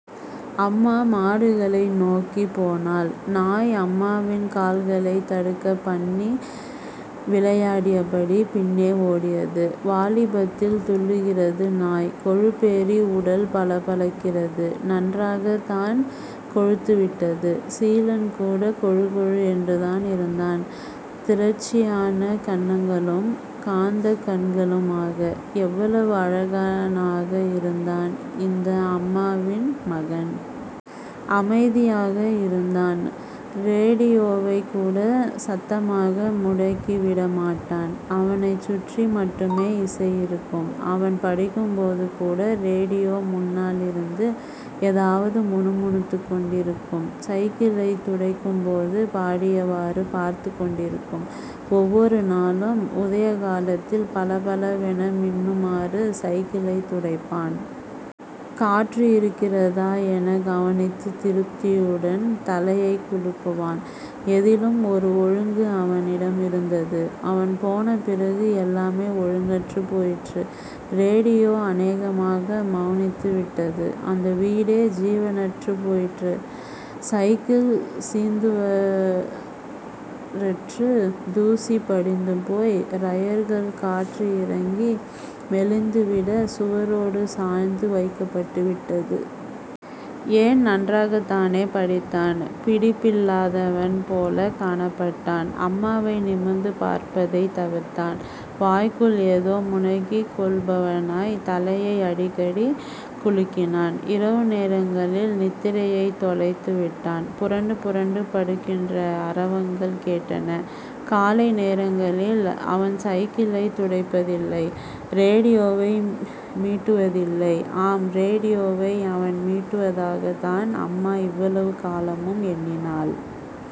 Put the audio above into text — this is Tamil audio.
அம்மா மாடுகளை நோக்கிப் போனாள். நாய் அம்மாவின் கால்களைத் தடுக்கப் பண்ணி விளையாடியபடி பின்னே ஓடியது. வாலிபத்தில் துள்ளுகிறது நாய். கொழுப்பேறி உடல் பளபளக்கிறது. நன்றாகத் தான் கொழுத்துவிட்டது. சீலன் கூட கொழுகொழு என்றுதான் இருந்தான். திரட்சியான கன்னங்களும், காந்தக் கண்களுமாக... எவ்வளவு அழகனாக இருந்தான் இந்த அம்மாவின் மகன்! அமைதியாக இருந்தான். ரேடியோவைக் கூட சத்தமாக முடுக்கி விட மாட்டான். அவனைச் சுற்றி மட்டுமே இசை இருக்கும். அவன் படிக்கும்போது கூட ரேடியோ முன்னாலிருந்து எதாவது முணுமுணுத்துக் கொண்டிருக்கும். சைக்கிளைத் துடைக்கும் போதும் பாடியவாறு பார்த்துக் கொண்டிருக்கும், ஒவ்வொரு நாளும் உதயகாலத்தில் 'பளபள' வென மின்னுமாறு சைக்கிளைத் துடைப்பான். காற்று இருக்கிறதா எனக் கவனித்து திருப்தியுடன் தலையைக் குலுக்குவான். எதிலும் ஒரு ஒழுங்கு அவனிடம் இருந்தது. அவன் போன பிறகு எல்லாமே ஒழுங்கற்றுப் போயிற்று. ரேடியோ அநேகமாக மெளனித்து விட்டது. அந்த வீடே ஜீவனற்றுப் போயிற்று. சைக்கிள் சீந்துவாரற்று தூசி படிந்துபோய், ரயர்கள் காற்று இறங்கி மெலிந்துவிட சுவரோடு சாய்ந்து வைக்கப்பட்டு விட்டது. ஏன், நன்றாகத்தானே படித்தான்! பிடிப்பில்லாதவன் போலக் காணப்பட்டான். அம்மாவை நிமிர்ந்து பார்ப்பதைத் தவிர்த்தான். வாய்க்குள் ஏதோ முனகிக்கொள்பவனாய் தலையை அடிக்கடிகுலுக்கினான். இரவுநேரங்களில் நித்திரையைத் தொலைத்து விட்டான். புரண்டு புரண்டு படுக்கின்ற அரவங்கள் கேட்டன. காலை நேரங்களில் அவன் சைக்கிளைத் துடைப்பதில்லை. ரேடியோவை மீட்டுவதில்லை. ஆம்! ரேடியோவை அவன் மீட்டுவதாகத் தான் அம்மா இவ்வளவு காலமும் எண்ணினாள்.